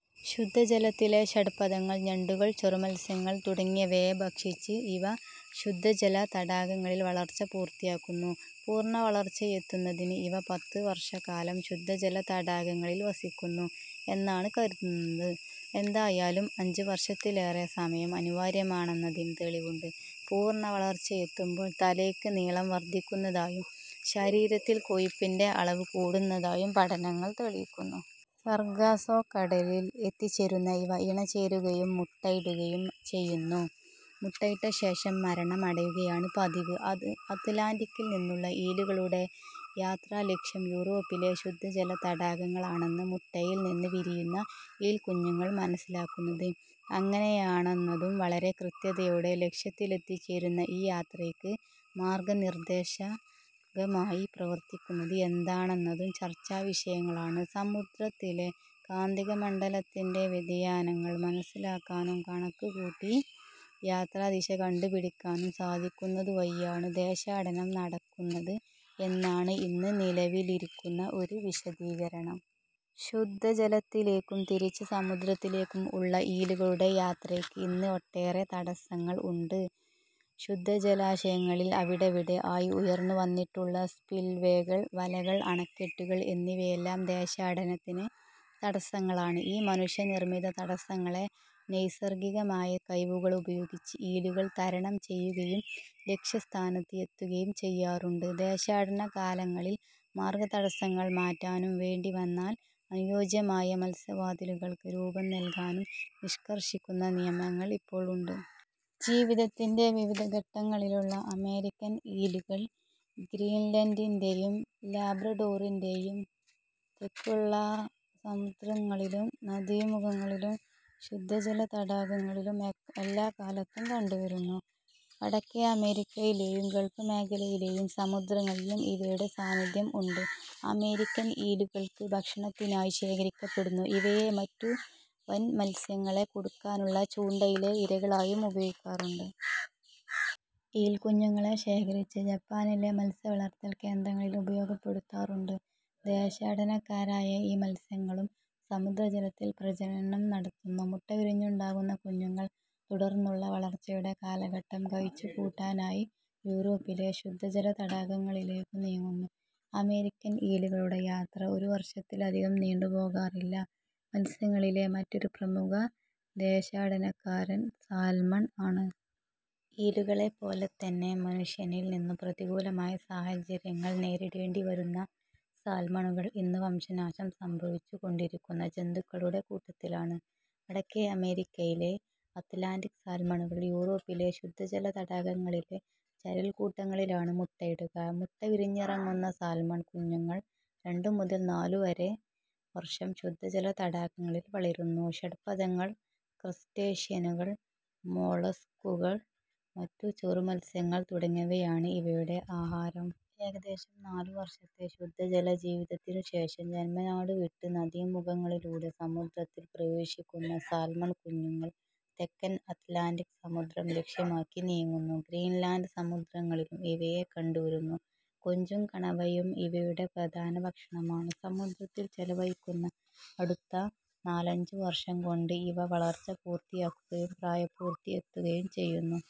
ശുദ്ധജലത്തിലെ ഷഡ്പദങ്ങൾ, ഞണ്ടുകൾ, ചെറുമത്സ്യങ്ങൾ തുടങ്ങിയവയെ ഭക്ഷിച്ച് ഇവ ശുദ്ധജല തടാകങ്ങളിൽ വളർച്ച പൂർത്തിയാക്കുന്നു. പൂർണവളർച്ചയെത്തുന്നതിന് ഇവ പത്ത് വർഷക്കാലം ശുദ്ധജല തടാകങ്ങളിൽ വസിക്കുന്നു എന്നാണ് കരുതുന്നത്. എന്തായാലും അഞ്ച് വർഷത്തിലേറെ സമയം അനിവാര്യമാണെന്നതിന് തെളിവുണ്ട്. പൂർണവളർച്ചയെത്തുമ്പോൾ തലയ്ക്ക് നീളം വർധിക്കുന്നതായും ശരീരത്തിൽ കൊഴുപ്പിന്റെ അളവ് കൂടുന്നതായും പഠനങ്ങൾ തെളിയിക്കുന്നു. സർഗാസോ കടലിൽ എത്തിച്ചേരുന്ന ഇവ ഇണചേരുകയും മുട്ടയിടുകയും ചെയ്യുന്നു. മുട്ടയിട്ടശേഷം മരണമടയുകയാണു പതിവ്. അത് ലാന്റിക്കിൽ നിന്നുള്ള ഈലുകളുടെ യാത്രാലക്ഷ്യം യൂറോപ്പിലെ ശുദ്ധജല തടാകങ്ങളാണെന്ന് മുട്ടയിൽനിന്ന് വിരിയുന്ന ഈൽക്കുഞ്ഞുങ്ങൾ മനസ്സിലാക്കുന്നത് എങ്ങനെയാണെന്നതും വളരെ കൃത്യതയോടെ ലക്ഷ്യത്തിലെത്തിച്ചേരുന്ന ഈ യാത്രയ്ക്ക് മാർഗനിർദ്ദേശകമായി പ്രവർത്തിക്കുന്നത് എന്താണെന്നതും ചർച്ചാവിഷയങ്ങളാണ്. സമുദ്രത്തിലെ കാന്തിക മണ്ഡലത്തിന്റെ വ്യതിയാനങ്ങൾ മനസ്സിലാക്കാനും കണക്കുകൂട്ടി യാത്രാദിശ കണ്ടുപിടിക്കാനും സാധിക്കുന്നതുവഴിയാണ് ദേശാടനം നടക്കുന്നത് എന്നാണ് ഇന്ന് നിലവിലിരിക്കുന്ന ഒരു വിശദീകരണം. ശുദ്ധജലത്തിലേക്കും തിരിച്ച് സമുദ്രത്തിലേക്കും ഉള്ള ഈലുകളുടെ യാത്രയ്ക്ക് ഇന്ന് ഒട്ടേറെ തടസ്സങ്ങൾ ഉണ്ട്. ശുദ്ധജല ജലാശയങ്ങളിൽ അവിടവിടെ ആയി ഉയർന്നുവന്നിട്ടുള്ള സ്പിൽവേകൾ, വലകൾ, അണക്കെട്ടുകൾ എന്നിവയെല്ലാം ദേശാടനത്തിന് തടസ്സങ്ങളാണ്. ഈ മനുഷ്യനിർമിത തടസ്സങ്ങളെ നൈസർഗികമായ കഴിവുകളുപയോഗിച്ച് ഈലുകൾ തരണം ചെയ്യുകയും ലക്ഷ്യസ്ഥാനത്ത് എത്തുകയും ചെയ്യാറുണ്ട്. ദേശാടന കാലങ്ങളിൽ മാർഗതടസ്സങ്ങൾ മാറ്റാനും, വേണ്ടിവന്നാൽ അനുയോജ്യമായ 'മത്സ്യ വാതിലുകൾക്ക്' രൂപംനല്കാനും നിഷ്കർഷിക്കുന്ന നിയമങ്ങൾ ഇപ്പോൾ ഉണ്ട്. ജീവിതത്തിന്റെ വിവിധ ഘട്ടങ്ങളിലുള്ള അമേരിക്കൻ ഈലുകൾ ഗ്രീൻലൻഡിന്റെയും ലാബ്രഡോറിന്റെയും തെക്കുള്ള സമുദ്രത്തിലും നദീമുഖങ്ങളിലും ശുദ്ധജല തടാകങ്ങളിലും എല്ലാക്കാലത്തും കണ്ടുവരുന്നു. വടക്കേ അമേരിക്കയിലെയും ഗൾഫ് മേഖലയിലെയും സമുദ്രങ്ങളിലും ഇവയുടെ സാന്നിധ്യം ഉണ്ട്. അമേരിക്കൻ ഈലുകൾ ഭക്ഷണത്തിനായി ശേഖരിക്കപ്പെടുന്നു. ഇവയെ മറ്റു വൻമത്സ്യങ്ങളെ കുടുക്കാനുള്ള ചൂണ്ടയിലെ ഇരകളായും ഉപയോഗിക്കാറുണ്ട്. ഈൽക്കുഞ്ഞുങ്ങളെ ശേഖരിച്ച് ജപ്പാനിലെ മത്സ്യവളർത്തൽ കേന്ദ്രങ്ങളിൽ ഉപയോഗപ്പെടുത്താറുണ്ട്. ദേശാടനക്കാരായ ഈ മത്സ്യങ്ങളും സമുദ്രജലത്തിൽ പ്രജനനം നടത്തുന്നു. മുട്ട വിരിഞ്ഞുണ്ടാകുന്ന കുഞ്ഞുങ്ങൾ തുടർന്നുള്ള വളർച്ചയുടെ കാലഘട്ടം കഴിച്ചുകൂട്ടാനായി യൂറോപ്പിലെ ശുദ്ധജല തടാകങ്ങളിലേക്കു നീങ്ങുന്നു. അമേരിക്കൻ ഈലുകളുടെ യാത്ര ഒരു വർഷത്തിലധികം നീണ്ടുപോകാറില്ല. മത്സ്യങ്ങളിലെ മറ്റൊരു പ്രമുഖ ദേശാടനക്കാരൻ സാൽമൺ ആണ്. ഈലുകളെപ്പോലെതന്നെ മനുഷ്യനിൽനിന്നു പ്രതികൂലമായ സാഹചര്യങ്ങൾ നേരിടേണ്ടിവരുന്ന സാൽമണുകൾ ഇന്ന് വംശനാശം സംഭവിച്ചുകൊണ്ടിരിക്കുന്ന ജന്തുക്കളുടെ കൂട്ടത്തിലാണ്. വടക്കേ അമേരിക്കയിലെ അത് ലാന്റിക് സാൽമണുകൾ യൂറോപ്പിലെ ശുദ്ധജല തടാകങ്ങളിലെ ചരൽക്കൂട്ടങ്ങളിലാണ് മുട്ടയിടുക. മുട്ട വിരിഞ്ഞിറങ്ങുന്ന സാൽമൺ കുഞ്ഞുങ്ങൾ രണ്ടുമുതൽ നാലുവരെ വർഷം ശുദ്ധജല തടാകങ്ങളിൽ വളരുന്നു. ഷഡ്പദങ്ങൾ, ക്രസ്റ്റേഷ്യനുകൾ, മൊളസ്കുകൾ, മറ്റു ചെറു മത്സ്യങ്ങൾ തുടങ്ങിയവയാണ് ഇവയുടെ ആഹാരം. ഏകദേശം നാലുവർഷത്തെ ശുദ്ധജലജീവിതത്തിനുശേഷം ജന്മനാടു വിട്ട് നദീമുഖങ്ങളിലൂടെ സമുദ്രത്തിൽ പ്രവേശിക്കുന്ന സാൽമൺ കുഞ്ഞുങ്ങൾ തെക്കൻ അത് ലാന്റിക് സമുദ്രം ലക്ഷ്യമാക്കി നീങ്ങുന്നു. ഗ്രീൻലൻഡ് സമുദ്രങ്ങളിലും ഇവയെ കണ്ടുവരുന്നു. കൊഞ്ചും കണവയും ഇവയുടെ പ്രധാന ഭക്ഷണമാണ്. സമുദ്രത്തിൽ ചെലവഴിക്കുന്ന അടുത്ത നാലഞ്ചു വർഷംകൊണ്ട് ഇവ വളർച്ച പൂർത്തിയാക്കുകയും പ്രായപൂർത്തിയെത്തുകയും ചെയ്യുന്നു.